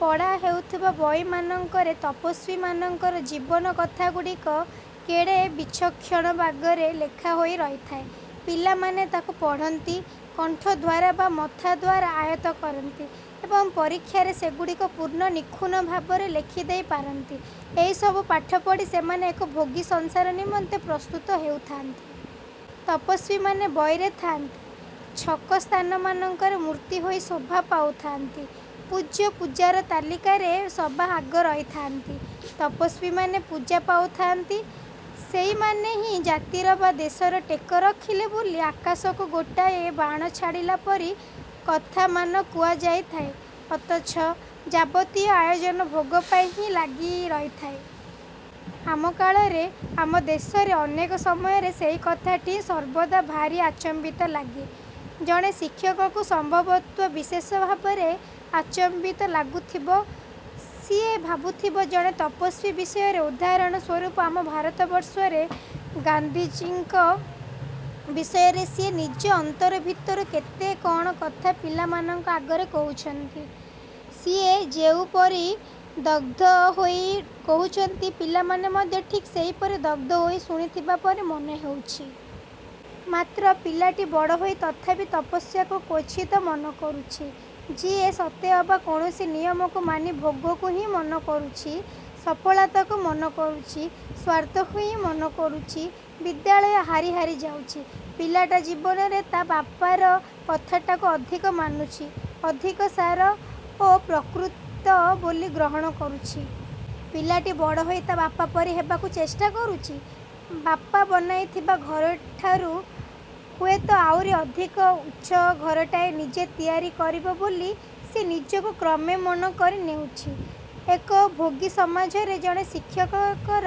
ପଢ଼ା ହେଉଥିବା ବହିମାନଙ୍କରେ ତପସ୍ୱୀମାନଙ୍କର ଜୀବନ କଥାଗୁଡ଼ିକ କେଡ଼େ ବିଚକ୍ଷଣ ବାଗରେ ଲେଖା ହୋଇ ରହିଥାଏ। ପିଲାମାନେ ତାକୁ ପଢ଼ନ୍ତି, କଣ୍ଠ ଦ୍ଵାରା ବା ମଥା ଦ୍ୱାରା ଆୟତ୍ତ କରନ୍ତି ଏବଂ ପରୀକ୍ଷାରେ ସେଗୁଡ଼ିକୁ ପୂର୍ଣ୍ଣ ନିଖୁଣ ଭାବରେ ଲେଖିଦେଇ ପାରନ୍ତି। ଏହିସବୁ ପାଠ ପଢ଼ି ସେମାନେ ଏକ ଭୋଗୀ ସଂସାର ନିମନ୍ତେ ପ୍ରସ୍ତୁତ ହେଉଥାନ୍ତି। ତପସ୍ୱୀମାନେ ବହିରେ ଥାଆନ୍ତି, ଛକ ସ୍ଥାନମାନଙ୍କରେ ମୂର୍ତ୍ତି ହୋଇ ଶୋଭା ପାଉଥାଆନ୍ତି, ପୂଜ୍ୟ ପୂଜାର ତାଲିକାରେ ସବା ଆଗ ରହିଥାନ୍ତି। ତପସ୍ୱୀମାନେ ପୂଜା ପାଉଥାଆନ୍ତି, ସେହିମାନେ ହିଁ ଜାତିର ବା ଦେଶର ଟେକ ରଖିଲେ ବୋଲି ଆକାଶକୁ ଗୋଟାଏ ବାଣ ଛାଡ଼ିଲା ପରି କଥାମାନ କୁହାଯାଈଥାଏ ଅଥଚ ଯାବତୀୟ ଆୟୋଜନ ଭୋଗ ପାଇଁ ହିଁ ଲାଗି ରହିଥାଏ। ଆମ କାଳରେ, ଆମ ଦେଶରେ ଅନେକ ସମୟରେ ସେହି କଥାଟି ହିଁ ସର୍ବଦା ଭାରି ଆଚମ୍ବିତ ଲାଗେ। ଜଣେ ଶିକ୍ଷକକୁ ସମ୍ଭବତଃ ବିଶେଷ ଭାବରେ ଆଚମ୍ବିତ ଲାଗୁଥିବ। ସିଏ ଭାବୁଥିବ, ଜଣେ ତପସ୍ୱୀ ବିଷୟରେ ଉଦାହରଣ ସ୍ଵରୂପ ଆମ ଭାରତବର୍ଷରେ ଗାନ୍ଧୀଙ୍କ ବିଷୟରେ ସିଏ ନିଜ ଅନ୍ତର ଭିତରୁ କେତେ କଣ କଥା ପିଲାମାନଙ୍କ ଆଗରେ କହୁଛନ୍ତି, ସିଏ ଯେଉଁପରି ଦ୍ଗଗଦ୍ ହୋଇ କହୁଛନ୍ତି ପିଲାମାନେ ମଧ୍ୟ ଠିକ୍ ସେହିପରି ଦ୍ଗଗଦ୍ ହୋଇ ଶୁଣୁଥିବା ପରି ମନେହେଉଛି। ମାତ୍ର ପିଲାଟି ବଡ଼ ହୋଇ ତଥାପି ତପସ୍ୟାକୁ କ୍ଵଚିତ ମନ କରୁଛି ଯିଏ ସତେଅବା କୌଣସି ନିୟମକୁ ମାନି ଭୋଗକୁ ହିଁ ମନ କରୁଛି, ସଫଳତାକୁ ମନ କରୁଛି, ସ୍ୱାର୍ଥକୁ ହିଁ ମନ କରୁଛି। ବିଦ୍ୟାଳୟ ହାରି ହାରି ଯାଉଛି, ପିଲାଟା ଜୀବନରେ ତା ବାପାର କଥାଟାକୁ ଅଧିକ ମାନୁଛି, ଅଧିକ ସାର ଓ ପ୍ରକୃତ ବୋଲି ଗ୍ରହଣ କରୁଛି। ପିଲାଟି ବଡ଼ ହୋଇ ତା ବାପା ପରି ହେବାକୁ ଚେଷ୍ଟା କରୁଛି। ବାପା ବନାଇଥିବା ଘରଟି ଠାରୁ ହୁଏତ ଆହୁରି ଅଧିକ ଉଚ୍ଚ ଘରଟାଏ ନିଜେ ତିଆରି କରିବ ବୋଲି ସିଏ ନିଜକୁ କ୍ରମେ ମଣ କରି ନେଉଛି। ଏକ ଭୋଗୀ ସମାଜରେ ଜଣେ ଶିକ୍ଷକଙ୍କ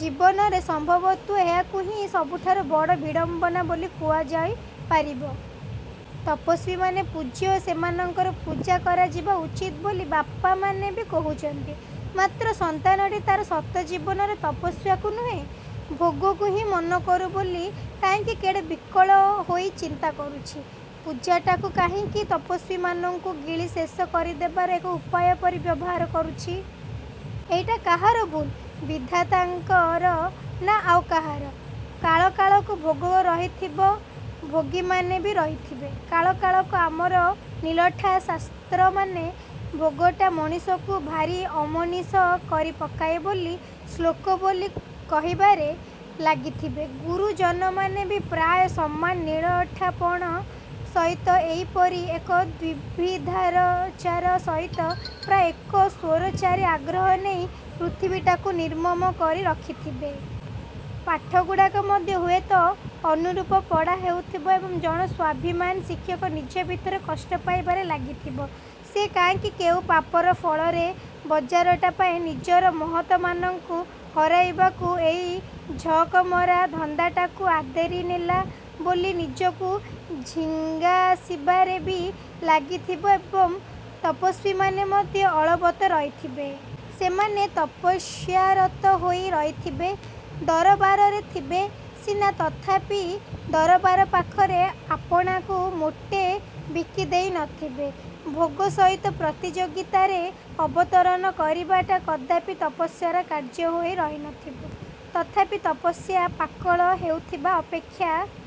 ଜୀବନରେ ସମ୍ଭବତଃ ଏହାକୁ ହିଁ ସବୁଠାରୁ ବଡ଼ ବିଡ଼ମ୍ବନା ବୋଲି କୁହାଯାଇ ପାରିବ। ତପସ୍ୱୀମାନେ ପୂଜ୍ୟ ଓ ସେମାନଙ୍କର ପୂଜା କରାଯିବା ଉଚିତ ବୋଲି ବାପାମାନେ ବି କହୁଛନ୍ତି। ମାତ୍ର ସନ୍ତାନଟି ତାର ସତ ଜୀବନରେ ତପସ୍ୟାକୁ ନୁହେଁ, ଭୋଗକୁ ହିଁ ମନକରୁ ବୋଲି କାହିଁକି କେଡ଼େ ବିକଳ ହୋଇ ଚିନ୍ତା କରୁଛି? ପୂଜାଟାକୁ କାହିଁକି ତପସ୍ୱୀମାନଙ୍କୁ ଗିଳି ଶେଷ କରିଦେବାର ଏକ ଉପାୟ ପରି ବ୍ୟବହାର କରୁଛି? ଏଇଟା କାହାର ଭୁଲ, ବିଧାତାଙ୍କର ନା ଆଉ କାହାର? କାଳକାଳକୁ ଭୋଗ ରହିଥିବ, ଭୋଗୀମାନେ ବି ରହିଥିବେ। କାଳକାଳକୁ ଆମର ନିଲଠା ଶାସ୍ତ୍ରମାନେ ଭୋଗଟା ମଣିଷକୁ ଭାରି ଅମଣିଷ କରିପକାଏ ବୋଲି ଶ୍ଳୋକ ବୋଲି କହିବାରେ ଲାଗିଥିବେ। ଗୁରୁଜନମାନେ ବି ପ୍ରାୟ ସମାନ ନିଲଠାପଣ ସହିତ ଏହିପରି ଏକ ଦ୍ୱିବିଧାରଚାର ସହିତ ପ୍ରାୟ ଏକ ସ୍ୱୈରଚାରୀ ଆଗ୍ରହ ନେଇ ପୃଥିବୀଟାକୁ ନିର୍ମମ କରି ରଖିଥିବେ। ପାଠଗୁଡ଼ାକ ମଧ୍ୟ ହୁଏତ ଅନୁରୂପ ପଢ଼ା ହେଉଥିବ ଏବଂ ଜଣେ ସ୍ଵାଭିମାନୀ ଶିକ୍ଷକ ନିଜ ଭିତରେ କଷ୍ଟ ପାଇବାରେ ଲାଗିଥିବ। ସିଏ କାହିଁକି କେଉଁ ପାପର ଫଳରେ ବଜାରଟା ପାଇଁ ନିଜର ମହତମାନଙ୍କୁ ହରାଇବାକୁ ଏହି ଝଅକମରା ଧନ୍ଦାଟାକୁ ଆଦରି ନେଲା ବୋଲି ନିଜକୁ ଝିଙ୍ଗାସିବାରେ ବି ଲାଗିଥିବ ଏବଂ ତପସ୍ୱୀମାନେ ମଧ୍ୟ ଅଳବତ ରହିଥିବେ। ସେମାନେ ତପସ୍ୟାରତ ହୋଇ ରହିଥିବେ। ଦରବାରରେ ଥିବେ ସିନା ତଥାପି ଦରବାର ପାଖରେ ଆପଣାକୁ ମୋଟେ ବିକିଦେଇ ନଥିବେ। ଭୋଗ ସହିତ ପ୍ରତିଯୋଗିତାରେ ଅବତରଣ କରିବାଟା କଦାପି ତପସ୍ୟାର କାର୍ଯ୍ୟ ହୋଇ ରହିନଥିବ। ତଥାପି ତପସ୍ୟା ପାକଳ ହେଉଥିବା ଅପେକ୍ଷା